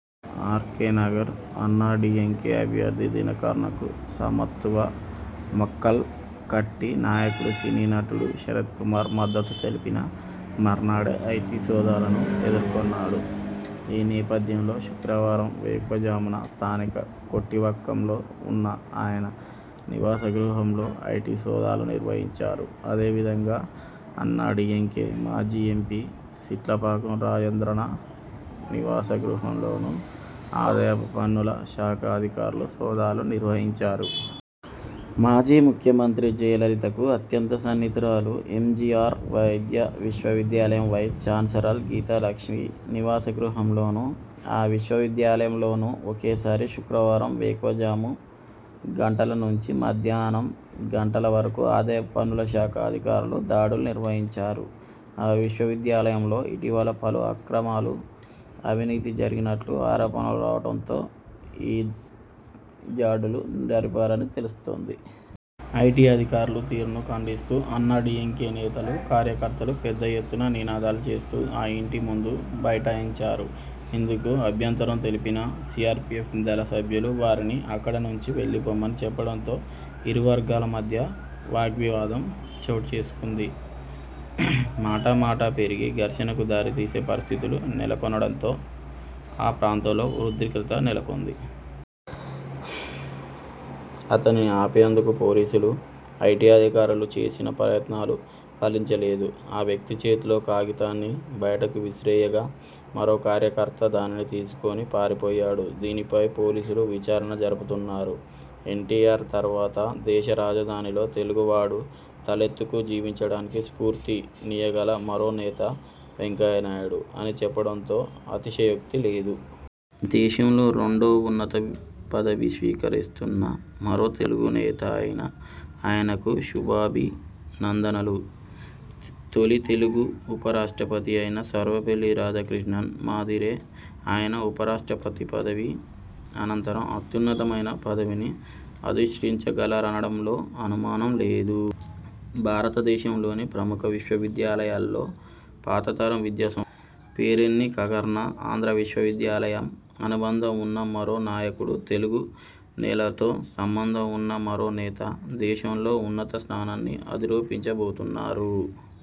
ఆర్కేనగర్ అన్నాడీఎంకే అభ్యర్థి దినకరన్కు సమత్తువ మక్కల్ కట్చి నాయకుడు సినీనటుడు శరతకుమార్ మద్దతు తెలిపిన మర్నాడే ఐటీ సోదాలను ఎదుర్కొన్నారు. ఈ నేపథ్యంలో శుక్రవారం వేకువజామున స్థానిక కొట్టివాక్కంలో ఉన్న ఆయన నివాసగృహంలో ఐటీ సోదాలు నిర్వహించారు. అదే విధంగా అన్నాడీఎంకే మాజీ ఎంపీ సిట్లపాకం రాజేంద్రన నివాసగృహంలోనూ ఆదాయపు పన్నుల శాఖ అధికారులు సోదాలు నిర్వహించారు. మాజీ ముఖ్యమంత్రి జయలలితకు అత్యంత సన్నిహితురాలు, ఎంజీఆర్ వైద్య విశ్వవిద్యాలయం వైస్ ఛాన్సరల్ గీతాలక్ష్మి నివాసగృహంలోను, ఆ విశ్వవిద్యాలయంలోనూ ఒకేసారి శుక్రవారం వేకువజాము గంటల నుంచి మధ్యాహ్నం గంటల వరకు ఆదాయపు పన్నుల శాఖ అధికారులు దాడులు నిర్వహించారు. ఆ విశ్వవిద్యాలయంలో ఇటీవల పలు అక్రమాలు, అవినీతి జరిగినట్లు ఆరోపణలు రావటంతో ఈ దాడులు జరిపారని తెలుస్తోంది. ఐటీ అధికారుల తీరును ఖండిస్తూ అన్నాడీఎంకే నేతలు, కార్యకర్తలు పెద్ద ఎత్తున నినాదాలు చేస్తూ ఆ ఇంటి ముందు భైఠాయించారు. ఇందుకు అభ్యంతరం తెలిపిన సీఆర్పీఎఫ్ దళ సభ్యులు వారిని అక్కడ నుంచి వెళ్లిపొమ్మని చెప్పడంతో ఇరువర్గాల మధ్య వాగ్వివాదం చోటుచేసుకుంది. మాటామాటా పెరిగి ఘర్షణకు దారి తీసే పరిస్థితులు నెలకొనడంతో ఆ ప్రాంతంలో ఉద్రిక్తత నెలకొంది. అతనిని ఆపేందుకు పోలీసులు, ఐటీ అధికారులు చేసిన ప్రయత్నాలు ఫలించలేదు. ఆ వ్యక్తి చేతిలోని కాగితాన్ని బయటకు విసిరేయగా, మరో కార్యకర్త దానిని తీసుకుని పారిపోయాడు. దీనిపైనా పోలీసులు విచారణ జరుపుతున్నారు. ఎన్. టి. ఆర్. తర్వాత దేశ రాజధానిలో తెలుగువాడు తలెత్తుకు జీవించడానికి స్ఫూర్తి నీయగల మరో నేత వెంకయ్యనాయుడు అని చెప్పడంలో అతిశయోక్తి లేదు. దేశంలో రెండో ఉన్నత పదవి స్వీకరిస్తున్న మరో తెలుగు నేత అయిన ఆయనకు శుభాభినందనలు. తొలి తెలుగు ఉపరాష్ట్రపతి అయిన సర్వేపల్లి రాధాకృష్ణన్ మాదిరే ఆయన ఉప రాష్ట్రపతి పదవి అనంతరం అత్యున్నతమైన పదవిని అధిష్టించగలరనడంలో అనుమానం లేదు. భారత దేశంలోని ప్రముఖ విశ్వవిద్యాలయాల్లో, పాతతరం విద్యాసంస్థల్లో పేరేన్నికగన్న ఆంధ్రా విశ్వవిద్యాలయం అనుబంధం ఉన్న మరో నాయకుడు, తెలుగు నేలతో సంబంధం ఉన్న మరో నేత దేశంలో ఉన్నత స్థానాన్ని అధిరోహించబోతున్నారు.